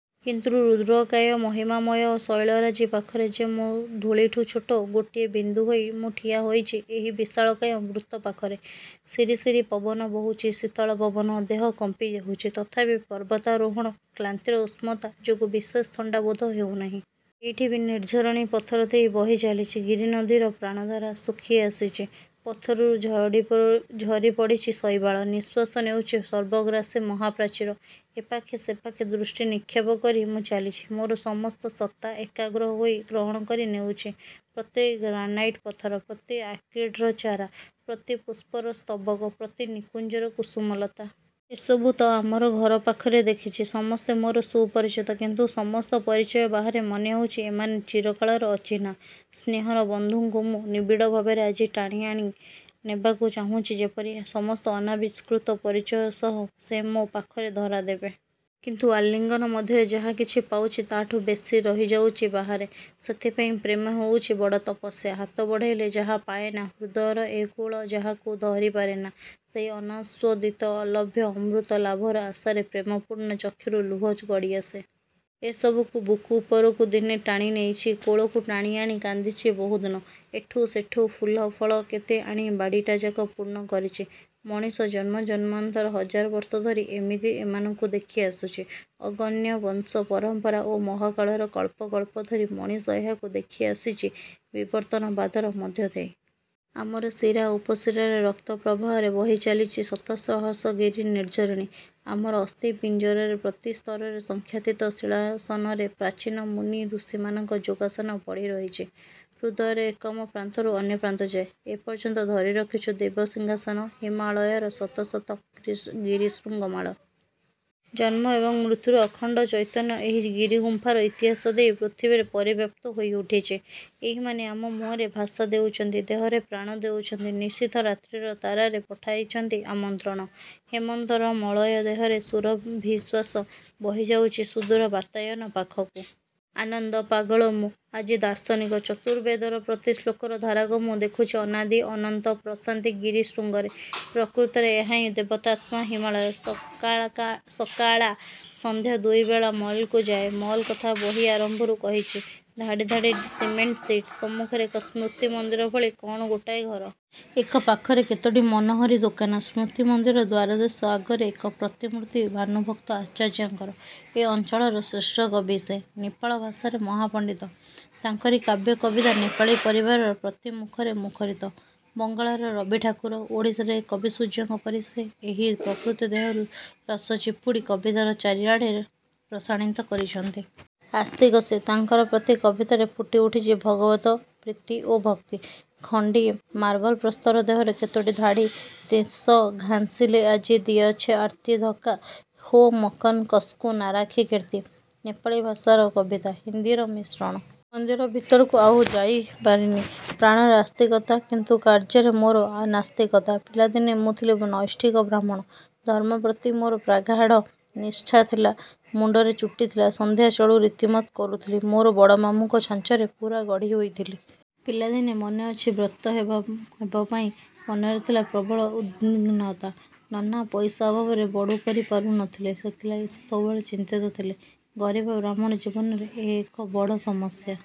କିନ୍ତୁ ରୁଦ୍ରକାୟ-ମହିମାମୟ ଶୈଳରାଜି ପାଖରେ ମୁଁ ଯେ ଧୂଳିଠୁ ଛୋଟ! ଗୋଟିଏ ବିନ୍ଦୁ ହୋଇ ମୁଁ ଠିଆ ହୋଇଛି ଏହି ବିଶାଳକାୟ ବୃତ୍ତ ପାଖରେ। ସିରିସିରି ପବନ ବହୁଚି, ଶୀତଳ ପବନ, ଦେହ କମ୍ପିଯାଉଛି–ତଥାପି ପର୍ବତାରୋହଣ କ୍ଲାନ୍ତିର ଉଷ୍ଣତା ଯୋଗୁଁ ବିଶେଷ ଥଣ୍ଡା ବୋଧ ହେଉ ନାହିଁ। ଏଇଠି ବି ନିର୍ଝରଣୀ ପଥର ଦେଇ ବହି ଚାଲିଚି। ଗିରିନଦୀର ପ୍ରାଣଧାରା ଶୁଖିଆସିଚି-। ପଥରରୁ ଝରିପଡ଼ିଚି ଶୈବାଳ। ନିଃଶ୍ୱାସ ନେଉଛି ସର୍ବଗ୍ରାସୀ ମହାପ୍ରାଚୀର। ଏ ପାଖେ ସେପାଖେ ଦୃଷ୍ଟି ନିକ୍ଷେପ କରି ମୁଁ ଚାଲିଚି। ମୋର ସମସ୍ତ ସତ୍ତା, ଏକାଗ୍ର ହୋଇ ଗ୍ରହଣ କରି ନେଉଛି ପ୍ରତି ଗ୍ରାନାଇଟ ପଥର, ପ୍ରତି ଆର୍କିଡ଼ର ଚାରା, ପ୍ରତି ପୁଷ୍ପର ସ୍ତବକ, ପ୍ରତି ନିକୁଞ୍ଜର କୁସୁମଲତା। ଏସବୁ ତ ଆମର ଘର ପାଖରେ ଦେଖିଚି। ସମସ୍ତେ ମୋର ସୁପରିଚିତ। କିନ୍ତୁ ସମସ୍ତ ପରିଚୟ ବାହାରେ ମନେ ହେଉଛି ଏମାନେ ଚିରକାଳର ଅଚିହ୍ନା। ସ୍ନେହର ବନ୍ଧୁଙ୍କୁ ମୁଁ ନିବିଡ଼ ଭାବରେ ଆଜି ଟାଣି ଟାଣି ନେବାକୁ ଚାହୁଁଚି ଯେପରିକି ସମସ୍ତ ଅନାବିଷ୍କୃତ ପରିଚୟ ସହ ସେ ମୋ ପାଖରେ ଧରା ଦେବେ। କିନ୍ତୁ ଆଲିଙ୍ଗନ ମଧ୍ୟରେ ଯାହା କିଛି ପାଉଛି ତାଠୁ ବେଶୀ ରହିଯାଉଛି ବାହାରେ। ସେଥିପାଇଁ ପ୍ରେମ ହେଉଛି ବଡ଼ ତପସ୍ୟା। ହାତ ବଢ଼େଇଲେ ଯାହା ପାଏନା–ହୃଦୟର ଏ କୂଳ ଯାହାକୁ ଧରି ପାରେନା। ସେହି ଅନାସ୍ୱ ଦିତ ଅଲଭ୍ୟ ଅମୃତ ଲାଭର ଆଶାରେ ପ୍ରେମପୂର୍ଣ୍ଣ ଚକ୍ଷୁରୁ ଲୁହ ଗଡ଼ିଆସେ। ଏସବୁକୁ ବୁକୁ ଉପରକୁ ଦିନେ ଟାଣି ନେଇଛି, କୋଳକୁ ଟାଣି ଆଣି କାନ୍ଦିଚି ବହୁଦିନ। ଏଠୁ ସେଠୁ ଫୁଲ ଫଳ କେତେ ଆଣି ବାଡ଼ିଟିଯାକ ପୂର୍ଣ୍ଣ କରିଚି। ମଣିଷ ଜନ୍ମଜନ୍ମାନ୍ତର ହଜାର ବର୍ଷ ଧରି ଏମିତି ଏମାନଙ୍କୁ ଦେଖି ଆସୁଛି। ଅଗଣ୍ୟ ବଂଶ ପରମ୍ପରା ଓ ମହାକାଳର କଳ୍ପ କଳ୍ପ ଧରି ମଣିଷ ଏହାକୁ ଦେଖି ଆସିଛି ବିବର୍ତ୍ତନବାଦର ମଧ୍ୟ ଦେଇ-। ଆମର ଶିରା ଉପଶିରାରେ ରକ୍ତ ପ୍ରବାହରେ ବହି ଚାଲିଚି ଶତ ସହସ୍ର ଗିରି ନିର୍ଝରଣୀ। ଆମର ଅସ୍ଥି ପିଞ୍ଜରାର ପ୍ରତି ସ୍ତରରେ ସଂଖ୍ୟାତୀତ ଶୀଳାସନରେ ପ୍ରାଚୀନ ମୁନି ଋଷିମାନଙ୍କ ଯୋଗାସନ ପଡ଼ି ରହିଛି ହୃଦୟର ଏକମ ପ୍ରାନ୍ତରୁ ଅନ୍ୟ ପ୍ରାନ୍ତଯାଏ। ଏପର୍ଯ୍ୟନ୍ତ ଧରି ରଖିଛୁ ଦେବ ସିଂହାସନ ହିମାଳୟର ଶତ ଶତ ଗିରିଶୃଙ୍ଗମାଳା। ଜନ୍ମ ଏବଂ ମୃତ୍ୟୁର ଅଖଣ୍ଡ ଚୈତନ୍ୟ ଏହି ଗିରିଗୁମ୍ପାର ଇତିହାସ ଦେଇ ପୃଥିବୀରେ ପରିବ୍ୟାପ୍ତ ହୋଇ ଉଠିଛି–ଏଇମାନେ ଆମ ମୁହଁରେ ଭାଷା ଦେଉଚନ୍ତି, ଦେହରେ ପ୍ରାଣ ଦେଉଛନ୍ତି। ନିଶିଥ ରାତ୍ରୀର ତାରାରେ ପଠାଇଛନ୍ତି ଆମନ୍ତ୍ରଣ; ହେମନ୍ତର ମଳୟ ଦେହରେ ସୁରଭିଶ୍ୱାସ ବହିଯାଉଛି ସୁଦୂର ବାତାୟନ ପାଖକୁ। ଆନନ୍ଦ-ପାଗଳ ମୁଁ। ଆଜି ଦାର୍ଶନିକ। ଚତୁର୍ବେଦର ପ୍ରତି ଶ୍ଳୋକର ଧାରାକୁ ମୁଁ ଦେଖୁଛି ଅନାଦି, ଅନନ୍ତ, ପ୍ରଶାନ୍ତି ଗିରିଶୃଙ୍ଗରେ। ପ୍ରକୃତରେ ଏହାହିଁ ଦେବତାତ୍ମା ହିମାଳୟ। ସକାଳା ସନ୍ଧ୍ୟା ଦୁଇବେଳା ମଲକୁ ଯାଏ। ମଲ୍ କଥା ବହି ଆରମ୍ଭରୁ କହିଛି। ଧାଡ଼ି ଧାଡ଼ି ସିମେଣ୍ଟ ସିଟ। ସମ୍ମୁଖରେ ଏକ ସ୍ମୃତି ମନ୍ଦିର ଭଳି କ'ଣ ଗୋଟାଏ ଘର। ଏକ ପାଖରେ କେତୋଟି ମନୋହରୀ ଦୋକାନ। ସ୍ମୃତି ମନ୍ଦିର ଦ୍ୱାରଦେଶ ଆଗରେ ଏକ ପ୍ରତିମୂର୍ତ୍ତି ଭାନୁଭକ୍ତ ଆଚାର୍ଯ୍ୟଙ୍କର। ଏ ଅଞ୍ଚଳର ଶ୍ରେଷ୍ଠ କବି ସେ। ନେପାଳ ଭାଷାରେ ମହାପଣ୍ଡିତ। ତାଙ୍କରି କାବ୍ୟ କବିତା ନେପାଳୀ ପରିବାରର ପ୍ରତି ମୁଖରେ ମୁଖରିତ। ବଙ୍ଗଳାର ରବିଠାକୁର, ଓଡ଼ିଶାରେ କବିସୂର୍ଯ୍ୟଙ୍କ ପରି ସେ ଏହି ପ୍ରକୃତି ଦେହରୁ ରସ ଚିପୁଡ଼ି କବିତାର ଚାରିଆଡ଼େ ରସାଣିତ କରିଛନ୍ତି। ଆସ୍ତିକ ସେ। ତାଙ୍କର ପ୍ରତି କବିତାରେ ଫୁଟି ଉଠିଛି ଭଗବତ ପ୍ରୀତି ଓ ଭକ୍ତି। ଖଣ୍ଡିଏ ମାର୍ବଲ ପ୍ରସ୍ତର ଦେହରେ କେତୋଟି ଧାଡ଼ି– ''ତେସ ଘାଁସିଲେ ଆଜି ଦିୟେଛ ଆର୍ତ୍ତୀ ଧକ୍କା ହୋ ମକନ କସ୍କୁ ନାରାଖି କୀର୍ତ୍ତି। '' ନେପାଳୀ ଭାଷାର କବିତା। ହିନ୍ଦୀର ମିଶ୍ରଣ। ମନ୍ଦିର ଭିତରକୁ ଆଉ ଯାଇ ପାରିନି। ପ୍ରାଣରେ ଆସ୍ତିକତା କିନ୍ତୁ କାର୍ଯ୍ୟରେ ମୋର ନାସ୍ତିକତା। ପିଲାଦିନେ ମୁଁ ଥିଲି ନୈଷ୍ଠିକ ବ୍ରାହ୍ମଣ। ଧର୍ମ ପ୍ରତି ମୋର ପ୍ରଗାଢ଼ ନିଷ୍ଠା ଥିଲା। ମୁଣ୍ତରେ ଚୁଟି ଥିଲା। ସନ୍ଧ୍ୟା ଚଳୁ ରୀତିମତ କରୁଥିଲି। ମୋର ବଡ଼ମାମୁଁଙ୍କ ଛାଞ୍ଚରେ ପୂରା ଗଢ଼ି ହୋଇଥିଲି। ପିଲାଦିନେ ମନେଅଛି ବ୍ରତ ହେବ ପାଇଁ ମନରେ ଥିଲା ପ୍ରବଳ ଉଦ୍ବିଗ୍ନତା। ନନା ପଇସା ଅଭାବରେ ବଡ଼ୁ କରି ପାରୁ ନଥିଲେ, ସେଥିଲାଗି ସେ ସବୁବେଳେ ଚିନ୍ତିତ ଥିଲେ। ଗରିବ ବ୍ରାହ୍ମଣ ଜୀବନରେ ଏ ଏକ ବଡ଼ ସମସ୍ୟା।